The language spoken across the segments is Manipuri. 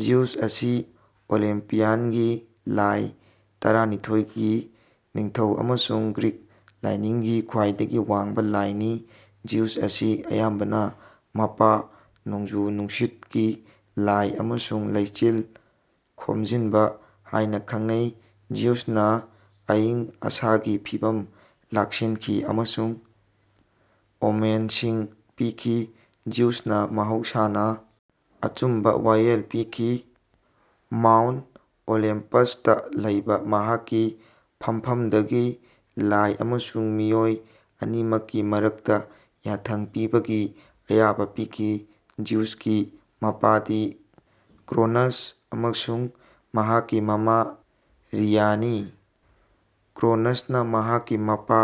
ꯖꯤꯎꯁ ꯑꯁꯤ ꯑꯣꯂꯤꯝꯄꯤꯌꯟꯒꯤ ꯂꯥꯏ ꯇꯔꯥꯅꯤꯊꯣꯏꯒꯤ ꯅꯤꯡꯊꯧ ꯑꯃꯁꯨꯡ ꯒ꯭ꯔꯤꯛ ꯂꯥꯏꯅꯤꯡꯒꯤ ꯈ꯭ꯋꯥꯏꯗꯒꯤ ꯋꯥꯡꯕ ꯂꯥꯏꯅꯤ꯫ ꯖꯤꯎꯁ ꯑꯁꯤ ꯑꯌꯥꯝꯕꯅ ꯃꯄꯥ, ꯅꯣꯡꯖꯨ-ꯅꯨꯡꯁꯤꯠꯀꯤ ꯂꯥꯏ ꯑꯃꯁꯨꯡ 'ꯂꯩꯆꯤꯜ ꯈꯣꯝꯖꯤꯟꯕ' ꯍꯥꯏꯅ ꯈꯪꯅꯩ꯫ ꯖꯤꯎꯁꯅ ꯑꯏꯪ ꯑꯁꯥꯒꯤ ꯐꯤꯚꯝ ꯂꯥꯛꯁꯤꯟꯈꯤ ꯑꯃꯁꯨꯡ ꯑꯣꯃꯦꯟꯁꯤꯡ ꯄꯤꯈꯤ꯫ ꯖꯤꯎꯁꯅ ꯃꯍꯧꯁꯥꯅ ꯑꯆꯨꯝꯕ ꯋꯥꯌꯦꯜ ꯄꯤꯈꯤ, ꯃꯥꯎꯟꯠ ꯑꯣꯂꯦꯝꯄꯁꯇ ꯂꯩꯕ ꯃꯍꯥꯛꯀꯤ ꯐꯝꯐꯝꯗꯒꯤ ꯂꯥꯏ ꯑꯃꯁꯨꯡ ꯃꯤꯑꯣꯏ ꯑꯅꯤꯃꯛꯀꯤ ꯃꯔꯛꯇ ꯌꯥꯊꯪ ꯄꯤꯕꯒꯤ ꯑꯌꯥꯕ ꯄꯤꯈꯤ꯫ ꯖꯤꯎꯁꯀꯤ ꯃꯄꯥꯗꯤ ꯀ꯭ꯔꯣꯅꯁ ꯑꯃꯁꯨꯡ ꯃꯍꯥꯛꯀꯤ ꯃꯃꯥ ꯔꯤꯌꯥꯅꯤ꯫ ꯀ꯭ꯔꯣꯅꯁꯅ ꯃꯍꯥꯛꯀꯤ ꯃꯄꯥ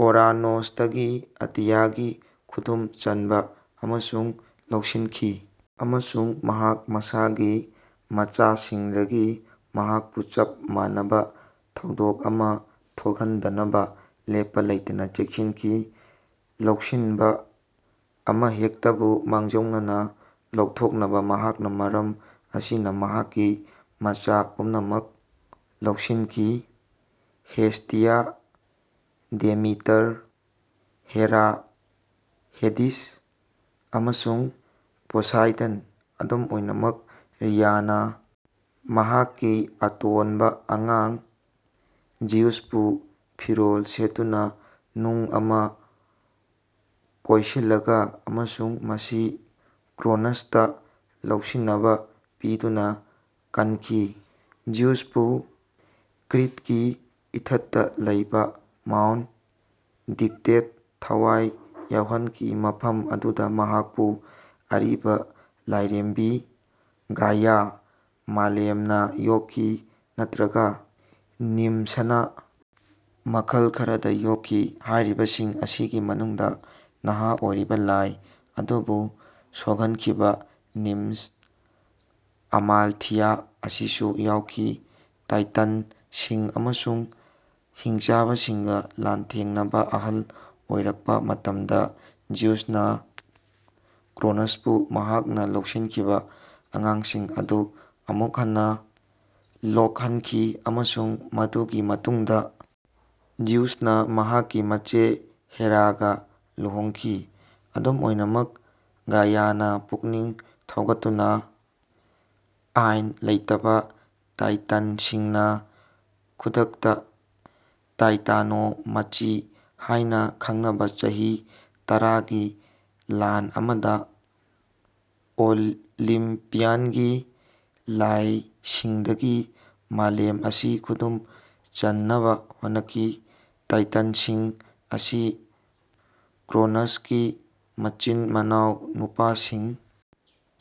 ꯑꯣꯔꯥꯅꯣꯁꯇꯒꯤ ꯑꯇꯤꯌꯥꯒꯤ ꯈꯨꯗꯨꯝ ꯆꯟꯕ ꯑꯗꯨ ꯂꯧꯁꯤꯟꯈꯤ ꯑꯃꯁꯨꯡ ꯃꯍꯥꯛ ꯃꯁꯥꯒꯤ ꯃꯆꯥꯁꯤꯡꯗꯒꯤ ꯃꯍꯥꯛꯄꯨ ꯆꯞ ꯃꯥꯟꯅꯕ ꯊꯧꯗꯣꯛ ꯑꯃ ꯊꯣꯛꯍꯟꯗꯅꯕ ꯂꯦꯞꯄ ꯂꯩꯇꯅ ꯆꯦꯛꯁꯤꯟꯈꯤ꯫ ꯂꯧꯁꯤꯟꯕ ꯑꯃꯍꯦꯛꯇꯕꯨ ꯃꯥꯡꯖꯧꯅꯅ ꯂꯧꯊꯣꯛꯅꯕ ꯃꯍꯥꯛꯅ ꯃꯔꯝ ꯑꯁꯤꯅ ꯃꯍꯥꯛꯀꯤ ꯃꯆꯥ ꯄꯨꯝꯅꯃꯛ ꯂꯧꯁꯤꯟꯈꯤ: ꯍꯦꯁꯇꯤꯌꯥ, ꯗꯦꯃꯤꯇꯔ, ꯍꯦꯔꯥ, ꯍꯦꯗꯤꯁ, ꯑꯃꯁꯨꯡ ꯄꯣꯁꯥꯏꯗꯟ꯫ ꯑꯗꯨꯝ ꯑꯣꯏꯅꯃꯛ, ꯔꯤꯌꯥꯅ ꯃꯍꯥꯛꯀꯤ ꯑꯇꯣꯟꯕ ꯑꯉꯥꯡ ꯖꯤꯎꯁꯄꯨ ꯐꯤꯔꯣꯜ ꯁꯦꯠꯇꯨꯅ ꯅꯨꯡ ꯑꯃ ꯀꯣꯏꯁꯤꯜꯂꯒ ꯑꯃꯁꯨꯡ ꯃꯁꯤ ꯀ꯭ꯔꯣꯅꯁꯇ ꯂꯧꯁꯤꯟꯅꯕ ꯄꯤꯗꯨꯅ ꯀꯟꯈꯤ꯫ ꯖꯤꯎꯁꯄꯨ ꯀ꯭ꯔꯤꯠꯀꯤ ꯏꯊꯠꯇ ꯂꯩꯕ ꯃꯥꯎꯟꯠ ꯗꯤꯛꯇꯦꯠ ꯊꯋꯥꯏ ꯌꯥꯎꯍꯟꯈꯤ, ꯃꯐꯝ ꯑꯗꯨꯗ ꯃꯍꯥꯛꯄꯨ ꯑꯔꯤꯕ ꯂꯥꯏꯔꯦꯝꯕꯤ ꯒꯥꯏꯌꯥ (ꯃꯥꯂꯦꯝ)ꯅ ꯌꯣꯛꯈꯤ, ꯅꯠꯇ꯭ꯔꯒ ꯅꯤꯝꯁꯅ ꯃꯈꯜ ꯈꯔꯗ ꯌꯣꯛꯈꯤ꯫ ꯍꯥꯏꯔꯤꯕꯁꯤꯡ ꯑꯁꯤꯒꯤ ꯃꯅꯨꯡꯗ ꯅꯍꯥ ꯑꯣꯏꯔꯤꯕ ꯂꯥꯏ ꯑꯗꯨꯕꯨ ꯁꯣꯛꯍꯟꯈꯤꯕ ꯅꯤꯝꯁ, ꯑꯃꯥꯜꯊꯤꯌꯥ ꯑꯁꯤꯁꯨ ꯌꯥꯎꯈꯤ꯫ ꯇꯥꯏꯇꯟꯁꯤꯡ ꯑꯃꯁꯨꯡ ꯍꯤꯡꯆꯥꯕꯁꯤꯡꯒ ꯂꯥꯟꯊꯦꯡꯅꯕ ꯑꯍꯜ ꯑꯣꯏꯔꯛꯄ ꯃꯇꯝꯗ ꯖꯤꯎꯁꯅ ꯀ꯭ꯔꯣꯅꯁꯄꯨ ꯃꯍꯥꯛꯅ ꯂꯧꯁꯤꯟꯈꯤꯕ ꯑꯉꯥꯡꯁꯤꯡ ꯑꯗꯨ ꯑꯃꯨꯛ ꯍꯟꯅ ꯂꯣꯛꯍꯟꯈꯤ ꯑꯃꯁꯨꯡ ꯃꯗꯨꯒꯤ ꯃꯇꯨꯡꯗ ꯖꯤꯎꯁꯅ ꯃꯍꯥꯛꯀꯤ ꯃꯆꯦ ꯍꯦꯔꯥꯒ ꯂꯨꯍꯣꯡꯈꯤ꯫ ꯑꯗꯨꯝ ꯑꯣꯏꯅꯃꯛ, ꯒꯥꯏꯌꯥꯅ ꯄꯨꯛꯅꯤꯡ ꯊꯧꯒꯠꯇꯨꯅ ꯑꯥꯏꯟ ꯂꯩꯇꯕ ꯇꯥꯏꯇꯟꯁꯤꯡꯅ ꯈꯨꯗꯛꯇ ꯇꯥꯏꯇꯥꯅꯣꯃꯥꯆꯤ ꯍꯥꯏꯅ ꯈꯪꯅꯕ ꯆꯍꯤ ꯇꯔꯥꯒꯤ ꯂꯥꯟ ꯑꯃꯗ ꯑꯣꯂꯤꯝꯄꯤꯌꯟꯒꯤ ꯂꯥꯏꯁꯤꯡꯗꯒꯤ ꯃꯥꯂꯦꯝ ꯑꯁꯤ ꯈꯨꯗꯨꯝ ꯆꯟꯅꯕ ꯍꯣꯠꯅꯈꯤ꯫ ꯇꯥꯏꯇꯟꯁꯤꯡ ꯑꯁꯤ ꯀ꯭ꯔꯣꯅꯁꯀꯤ ꯃꯆꯤꯟ-ꯃꯅꯥꯎ ꯅꯨꯄꯥꯁꯤꯡ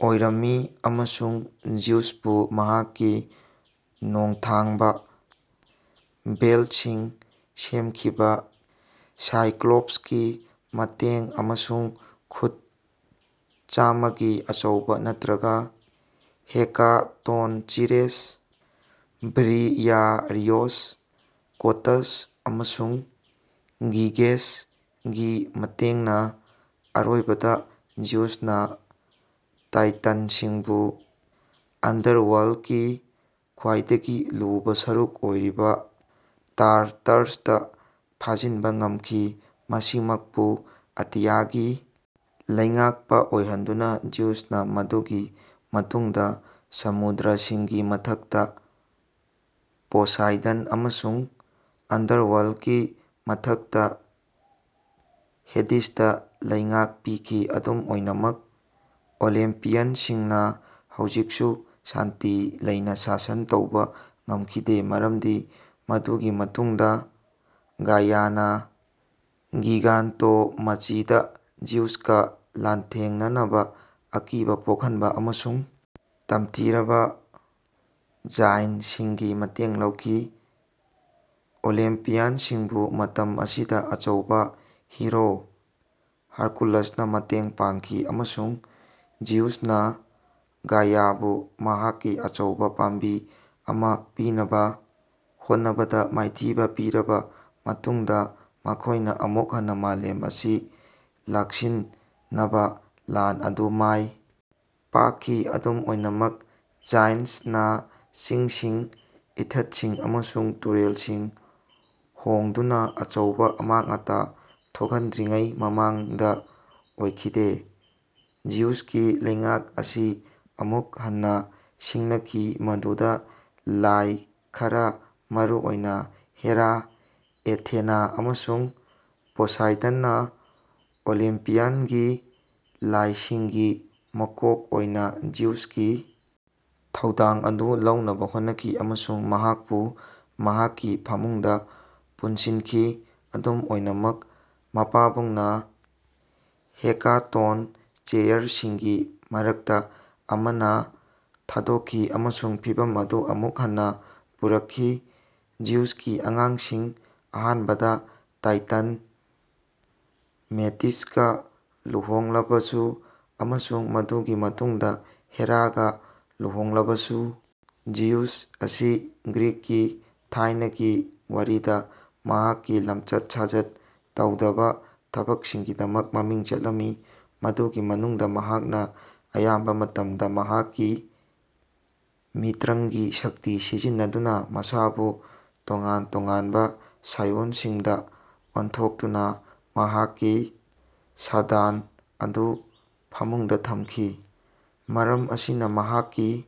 ꯑꯣꯏꯔꯝꯃꯤ ꯑꯃꯁꯨꯡ ꯖꯤꯎꯁꯄꯨ ꯃꯍꯥꯛꯀꯤ ꯅꯣꯡꯊꯥꯡꯕ ꯕꯣꯜꯠꯁꯤꯡ ꯁꯦꯝꯈꯤꯕ ꯁꯥꯏꯀ꯭ꯂꯣꯞꯁꯀꯤ ꯃꯇꯦꯡ ꯑꯃꯁꯨꯡ ꯈꯨꯠ ꯆꯥꯝꯃꯒꯤ ꯑꯆꯧꯕ ꯅꯠꯇ꯭ꯔꯒ ꯍꯦꯀꯥꯇꯣꯟꯆꯤꯔꯦꯁ (ꯕ꯭ꯔꯤꯌꯥꯔꯤꯑꯣꯁ, ꯀꯣꯇꯁ ꯑꯃꯁꯨꯡ ꯒꯤꯒꯦꯁ)ꯒꯤ ꯃꯇꯦꯡꯅ ꯑꯔꯣꯏꯕꯗ ꯖꯤꯎꯁꯅ ꯇꯥꯏꯇꯟꯁꯤꯡꯕꯨ ꯑꯟꯗꯔꯋꯥꯔꯜꯀꯤ ꯈ꯭ꯋꯥꯏꯗꯒꯤ ꯂꯨꯕ ꯁꯔꯨꯛ ꯑꯣꯏꯔꯤꯕ ꯇꯥꯔꯇꯥꯔꯁꯇ ꯐꯥꯖꯤꯟꯕ ꯉꯝꯈꯤ꯫ ꯃꯁꯥꯃꯛꯄꯨ ꯑꯇꯤꯌꯥꯒꯤ ꯂꯩꯉꯥꯛꯄ ꯑꯣꯏꯍꯟꯗꯨꯅ, ꯖꯤꯎꯁꯅ ꯃꯗꯨꯒꯤ ꯃꯇꯨꯡꯗ ꯁꯃꯨꯗ꯭ꯔꯁꯤꯡꯒꯤ ꯃꯊꯛꯇ ꯄꯣꯁꯥꯏꯗꯟ ꯑꯃꯁꯨꯡ ꯑꯟꯗꯔꯋꯥꯔꯜꯀꯤ ꯃꯊꯛꯇ ꯍꯦꯗꯤꯁꯇ ꯂꯩꯉꯥꯛ ꯄꯤꯈꯤ꯫ ꯑꯗꯨꯝ ꯑꯣꯏꯅꯃꯛ, ꯑꯣꯂꯤꯝꯄꯤꯌꯟꯁꯤꯡꯅ ꯍꯧꯖꯤꯛꯁꯨ ꯁꯥꯟꯇꯤ ꯂꯩꯅ ꯁꯥꯁꯟ ꯇꯧꯕ ꯉꯝꯈꯤꯗꯦ, ꯃꯔꯝꯗꯤ ꯃꯗꯨꯒꯤ ꯃꯇꯨꯡꯗ ꯒꯥꯏꯌꯥꯅ ꯒꯤꯒꯥꯟꯇꯣꯃꯥꯆꯤꯗ ꯖꯤꯎꯁꯀ ꯂꯥꯟꯊꯦꯡꯅꯅꯕ ꯑꯀꯤꯕ ꯄꯣꯛꯍꯟꯕ ꯑꯃꯁꯨꯡ ꯇꯝꯊꯤꯔꯕ ꯖꯥꯏꯟꯠꯁꯤꯡꯒꯤ ꯃꯇꯦꯡ ꯂꯧꯈꯤ꯫ ꯑꯣꯂꯤꯝꯄꯤꯌꯟꯁꯤꯡꯕꯨ ꯃꯇꯝ ꯑꯁꯤꯗ ꯑꯆꯧꯕ ꯍꯤꯔꯣ ꯍꯔꯀꯨꯂꯤꯁꯅ ꯃꯇꯦꯡ ꯄꯥꯡꯈꯤ ꯑꯃꯁꯨꯡ ꯖꯤꯎꯁꯅ ꯒꯥꯏꯌꯥꯕꯨ ꯃꯍꯥꯛꯀꯤ ꯑꯆꯧꯕ ꯄꯥꯝꯕꯤ ꯑꯃ ꯄꯤꯅꯕ ꯍꯣꯠꯅꯕꯗ ꯃꯥꯏꯊꯤꯕ ꯄꯤꯔꯕ ꯃꯇꯨꯡꯗ, ꯃꯈꯣꯏꯅ ꯑꯃꯨꯛ ꯍꯟꯅ ꯃꯥꯂꯦꯝ ꯑꯁꯤ ꯂꯥꯛꯁꯤꯟꯅꯕ ꯂꯥꯟ ꯑꯗꯨ ꯃꯥꯏ ꯄꯥꯛꯈꯤ, ꯑꯗꯨꯝ ꯑꯣꯏꯅꯃꯛ, ꯖꯥꯏꯟꯠꯁꯅ ꯆꯤꯡꯁꯤꯡ, ꯏꯊꯠꯁꯤꯡ ꯑꯃꯁꯨꯡ ꯇꯨꯔꯦꯜꯁꯤꯡ ꯍꯣꯡꯗꯨꯅ ꯑꯆꯧꯕ ꯑꯃꯥꯡ-ꯑꯇꯥ ꯊꯣꯛꯍꯟꯗ꯭ꯔꯤꯉꯩ ꯃꯃꯥꯡꯗ ꯑꯣꯏꯈꯤꯗꯦ꯫ ꯖꯤꯎꯁꯀꯤ ꯂꯩꯉꯥꯛ ꯑꯁꯤ ꯑꯃꯨꯛ ꯍꯟꯅ ꯁꯤꯡꯅꯈꯤ ꯃꯗꯨꯗ ꯂꯥꯏ ꯈꯔ, ꯃꯔꯨꯑꯣꯏꯅ ꯍꯦꯔꯥ, ꯑꯦꯊꯦꯅꯥ ꯑꯃꯁꯨꯡ ꯄꯣꯁꯥꯏꯗꯟꯅ ꯑꯣꯂꯤꯝꯄꯤꯌꯟꯒꯤ ꯂꯥꯏꯁꯤꯡꯒꯤ ꯃꯀꯣꯛ ꯑꯣꯏꯅ ꯖꯤꯎꯁꯀꯤ ꯊꯧꯗꯥꯡ ꯑꯗꯨ ꯂꯧꯅꯕ ꯍꯣꯠꯅꯈꯤ ꯑꯃꯁꯨꯡ ꯃꯍꯥꯛꯄꯨ ꯃꯍꯥꯛꯀꯤ ꯐꯃꯨꯡꯗ ꯄꯨꯟꯁꯤꯟꯈꯤ꯫ ꯑꯗꯨꯝ ꯑꯣꯏꯅꯃꯛ, ꯃꯄꯥꯕꯨꯡꯕꯨ ꯍꯦꯀꯥꯇꯣꯟꯆꯦꯌꯔꯁꯤꯡꯒꯤ ꯃꯔꯛꯇ ꯑꯃꯅ ꯊꯥꯗꯣꯛꯈꯤ ꯑꯃꯁꯨꯡ ꯐꯤꯚꯝ ꯑꯗꯨ ꯑꯃꯨꯛ ꯍꯟꯅ ꯄꯨꯔꯛꯈꯤ꯫ ꯖꯤꯎꯁꯀꯤ ꯑꯉꯥꯡꯁꯤꯡ ꯑꯍꯥꯟꯕꯗ ꯇꯥꯏꯇꯟ ꯃꯦꯇꯤꯁꯀ ꯂꯨꯍꯣꯡꯂꯕꯁꯨ ꯑꯃꯁꯨꯡ ꯃꯗꯨꯒꯤ ꯃꯇꯨꯡꯗ ꯍꯦꯔꯥꯒ ꯂꯨꯍꯣꯡꯂꯕꯁꯨ, ꯖꯤꯎꯁ ꯑꯁꯤ ꯒ꯭ꯔꯤꯛꯀꯤ ꯊꯥꯏꯅꯒꯤ ꯋꯥꯔꯤꯗ ꯃꯍꯥꯛꯀꯤ ꯂꯝꯆꯠ-ꯁꯥꯖꯠ ꯇꯧꯗꯕ ꯊꯕꯛꯁꯤꯡꯒꯤꯗꯃꯛ ꯃꯃꯤꯡ ꯆꯠꯂꯝꯃꯤ, ꯃꯗꯨꯒꯤ ꯃꯅꯨꯡꯗ ꯃꯍꯥꯛꯅ ꯑꯌꯥꯝꯕ ꯃꯇꯝꯗ ꯃꯍꯥꯛꯀꯤ ꯃꯤꯇ꯭ꯔꯪꯒꯤ ꯁꯛꯇꯤ ꯁꯤꯖꯤꯟꯅꯗꯨꯅ ꯃꯁꯥꯕꯨ ꯇꯣꯉꯥꯟ ꯇꯣꯉꯥꯟꯕ ꯁꯥꯏꯑꯣꯟꯁꯤꯡꯗ ꯑꯣꯟꯊꯣꯛꯇꯨꯅ ꯃꯍꯥꯛꯀꯤ ꯁꯥꯗꯥꯟꯕ ꯑꯗꯨ ꯐꯃꯨꯡꯗ ꯊꯝꯈꯤ꯫ ꯃꯔꯝ ꯑꯁꯤꯅ ꯃꯍꯥꯛꯀꯤ